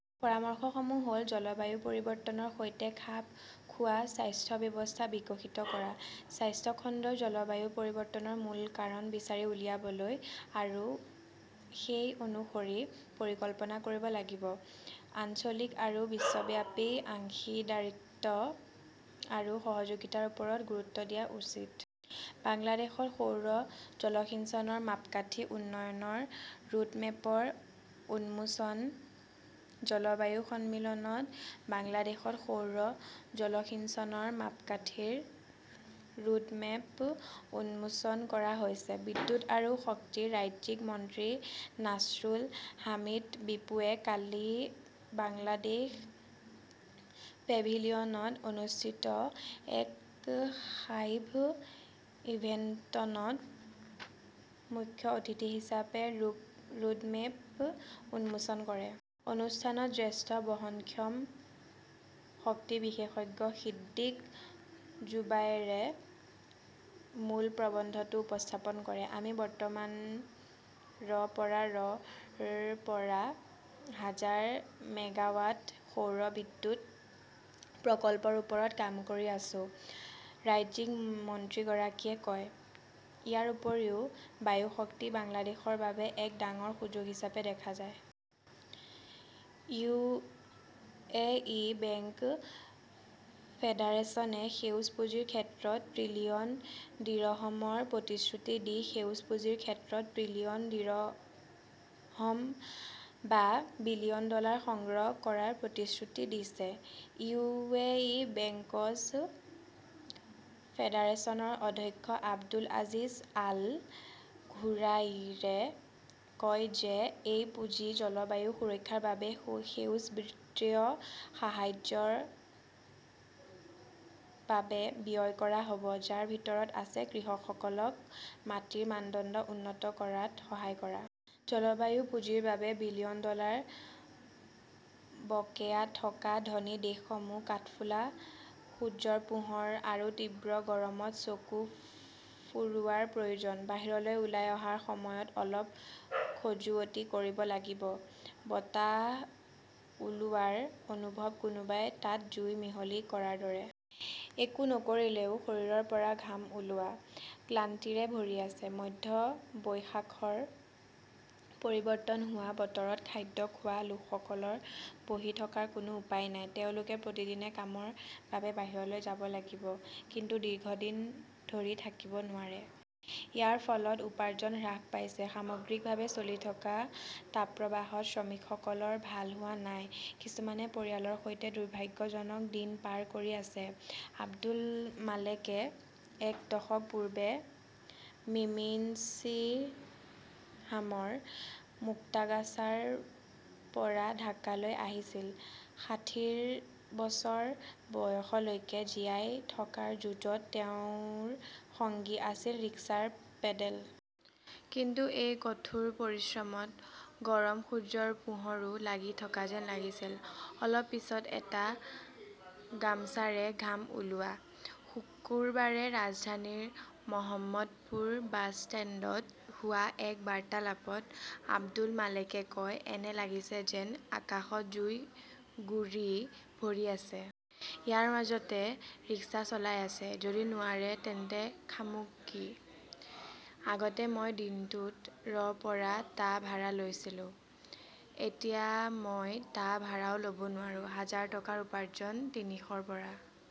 পৰামৰ্শসমূহ হ "ল-জলবায়ু পৰিৱৰ্তনৰ সৈতে খাপ খোৱা স্বাস্থ্য ব্যৱস্থা বিকশিত কৰা। স্বাস্থ্য খণ্ডই জলবায়ু পৰিৱৰ্তনৰ মূল কাৰণ বিচাৰি উলিয়াবলৈ আৰু সেই অনুসৰি পৰিকল্পনা কৰিব লাগিব। আঞ্চলিক আৰু বিশ্বব্যাপী অংশীদাৰিত্ব আৰু সহযোগিতাৰ ওপৰত গুৰুত্ব দিয়া উচিত। বাংলাদেশত সৌৰ জলসিঞ্চনৰ মাপকাঠি উন্নয়নৰ ৰোডমেপ উন্মোচন জলবায়ু সন্মিলনত বাংলাদেশত সৌৰ জলসিঞ্চনৰ মাপকাঠি ৰোডমেপ উন্মোচন কৰা হৈছে। বিদ্যুৎ আৰু শক্তিৰ ৰাজ্যিক মন্ত্ৰী নাছৰুল হামিদ বিপুৱে কালি বাংলাদেশ পেভিলিয়নত অনুষ্ঠিত এক সাইড ইভেণ্টত মুখ্য অতিথি হিচাপে ৰোডমেপ উন্মোচন কৰে। অনুষ্ঠানত জ্যেষ্ঠ বহনক্ষম শক্তি বিশেষজ্ঞ সিদ্দিক জোবায়েৰে মূল প্ৰবন্ধটো উপস্থাপন কৰে। আমি বৰ্তমান ৰ পৰা ৰ পৰা হাজাৰ মেগাৱাট সৌৰ বিদ্যুৎ প্ৰকল্পৰ ওপৰত কাম কৰি আছো ", ৰাজ্যিক মন্ত্ৰীগৰাকীয়ে কয়। ইয়াৰ উপৰিও বায়ু শক্তিক বাংলাদেশৰ বাবে এক ডাঙৰ সুযোগ হিচাপে দেখা গৈছে। ইউ. এ. ই. বেংক ফেডাৰেচনে সেউজ পুঁজিৰ ক্ষেত্ৰত ত্ৰিলিয়ন দিৰহমৰ প্ৰতিশ্ৰুতি দি সেউজ পুঁজিৰ ক্ষেত্ৰত ত্ৰিলিয়ন দিৰহম বা বিলিয়ন ডলাৰ সংগ্ৰহ কৰাৰ প্ৰতিশ্ৰুতি দিছে। ইউ. এ. ই. বেংকছ ফেডাৰেচনৰ অধ্যক্ষ আব্দুল আজিজ আল ঘুৰাইৰে কয় যে এই পুঁজি জলবায়ু সুৰক্ষাৰ বাবে সেউজ বিত্তীয় সাহায্যৰ বাবে ব্যয় কৰা হ 'ব, যাৰ ভিতৰত আছে কৃষকসকলক মাটিৰ মানদণ্ড উন্নত কৰাত সহায় কৰা। জলবায়ু পুঁজিৰ বাবে বিলিয়ন ডলাৰ বকেয়া থকা ধনী দেশসমূহ কাঠফুলা সূৰ্যৰ পোহৰ আৰু তীব্ৰ গৰমত চকু ফুৰোৱাৰ প্ৰয়োজন। বাহিৰলৈ ওলাই অহাৰ সময়ত অলপ খজুৱতি কৰিব লাগিব। বতাহ ওলোৱাৰ অনুভৱ-কোনোবাই তাত জুই মিহলি কৰাৰ দৰে। একো নকৰিলেও শৰীৰৰ পৰা ঘাম ওলোৱা। ক্লান্তিৰে ভৰি আছে। মধ্য বৈশাখত পৰিৱৰ্তন হোৱা বতৰত খাদ্য খোৱা লোকসকলৰ বহি থকাৰ কোনো উপায় নাই। তেওঁলোকে প্ৰতিদিনে কামৰ বাবে বাহিৰলৈ যাব লাগিব। কিন্তু দীৰ্ঘদিন ধৰি থাকিব নোৱাৰে। ইয়াৰ ফলত উপাৰ্জন হ্ৰাস পাইছে। সামগ্ৰিকভাৱে চলি থকা তাপপ্ৰবাহত শ্ৰমিকসকলৰ ভাল হোৱা নাই। কিছুমানে পৰিয়ালৰ সৈতে দুৰ্ভাগ্যজনক দিন পাৰ কৰি আছে। আব্দুল মালেকে এক দশক পূৰ্বে মেমিন্সিংহামৰ মুক্তাগাছাৰ পৰা ঢাকালৈ আহিছিল। ষাঠিৰ বছৰ বয়সলৈকে জীয়াই থকাৰ যুঁজত তেওঁৰ সঙ্গী আছিল ৰিক্সাৰ পেডেল। কিন্তু এই কঠোৰ পৰিশ্ৰমত গৰম সূৰ্যৰ পোহৰো লাগি থকা যেন লাগিছিল। অলপ পিছত এটা গামছাৰে ঘাম ওলোৱা। শুকুৰবাৰে ৰাজধানীৰ মহম্মদপুৰ বাছ ষ্টেণ্ডত হোৱা এক বাৰ্তালাপত আব্দুল মালেকে কয়, "এনে লাগিছে যেন আকাশত জুইৰ গুৰি ভৰি আছে। ইয়াৰ মাজতে ৰিক্সা চলাই আছে। যদি নোৱাৰে তেন্তে খামু কি? আগতে মই দিনটোত ৰ পৰা টা ভাড়া লৈছিলোঁ; এতিয়া মই টা ভাড়াও ল "ব নোৱাৰোঁ। হাজাৰ টকাৰ উপাৰ্জন তিনিশৰ পৰা